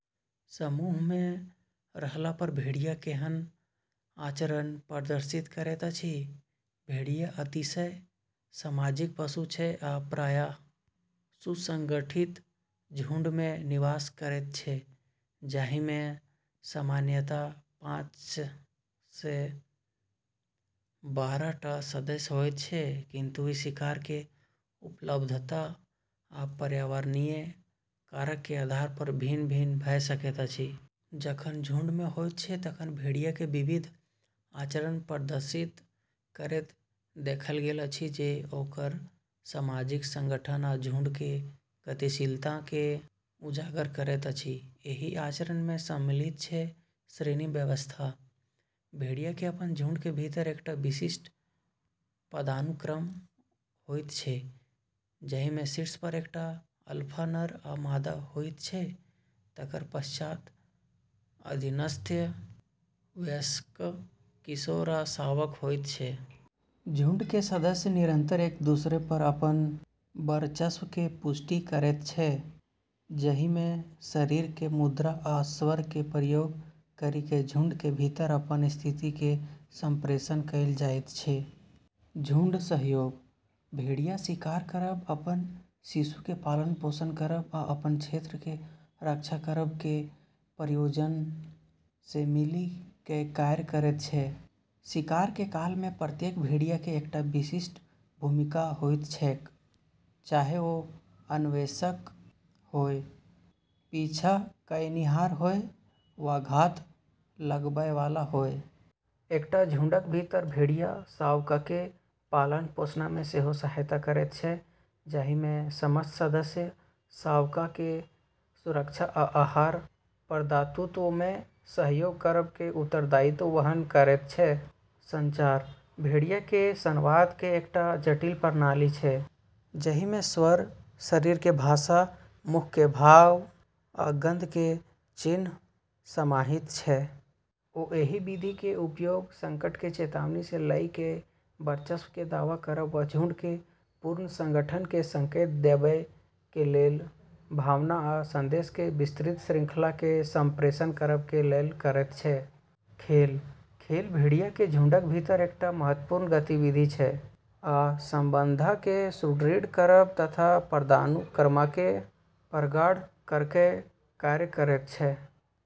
समूहमे रहलापर भेड़िया केहन आचरण प्रदर्शित करैत अछि? भेड़िया अतिशय सामाजिक पशु छै आ प्रायः सुसंगठित झुंडमे निवास करैत छै, जाहिमे सामान्यतः पाँचसँ बारह टा सदस्य होइत छै, किंतु ई शिकार के उपलब्धता आ पर्यावरणीय कारक के आधार पर भिन्न भऽ सकैत अछि। जखन झुंडमे होइत छै तखन भेड़िया के विविध आचरण प्रदर्शित करैत देखल गेल अछि जे ओकर सामाजिक संगठन आ झुंड के गतिशीलताकेँ उजागर करैत अछि। एहि आचरण में सम्मिलित छै: श्रेणी व्यवस्था:- भेड़िया के अपन झुंड के भीतर एकटा विशिष्ट पदानुक्रम होइत छै, जहि में शीर्ष पर एकटा अल्फा नर आ मादा होइत छै, तकर पश्चात अधीनस्थ वयस्क, किशोर, आ शावक होइत छै। झुंड के सदस्य निरंतर एक-दुसरे पर अपन वर्चस्व के पुष्टि करैत छै, जहि में शरीर के मुद्रा आ स्वर के प्रयोग करि कऽ झुंड के भीतर अपन स्थिति के संप्रेषण कएल जाइत छै। झुंड सहयोग: भेड़िया शिकार करब, अपन शिशु के पालन-पोषण करब, आ अपन क्षेत्र के रक्षा करब के प्रयोजन सँ मिलि कऽ कार्य करैत छै। शिकार के काल में प्रत्येक भेड़िया के एकटा विशिष्ट भूमिका होइत छैक, चाहे ओ अन्वेषक होय, पीछा कयनिहार होय, वा घात लगबयवला होय। एकटा झुंडक भीतर भेड़िया शावकके पालन-पोषणमे सेहो सहायता करैत छै, जाहिमे समस्त सदस्य शावकके सुरक्षा आ आहार प्रदातुत्वमे सहयोग करब के उत्तरदायित्व वहन करैत छै। संचार: भेड़िया के संवाद के एकटा जटिल प्रणाली छै जहि में स्वर, शरीर के भाषा, मुख के भाव, आ गंध के चिह्न समाहित छै। ओ एहि विधि के उपयोग संकट के चेतावनी सँ लऽ कऽ वर्चस्व के दावा करब वा झुंड के पुनर्संगठन के संकेत देबय के लेल, भावना आ संदेश के विस्तृत शृंखला के संप्रेषण करब के लेल करैत छै। खेल: खेल भेड़ियाके झुंडक भीतर एकटा महत्त्वपूर्ण गतिविधि छै आ संबंधकेँ सुदृढ़ करब तथा पदानुक्रमके प्रगाढ़ करयके कार्य करैत छै।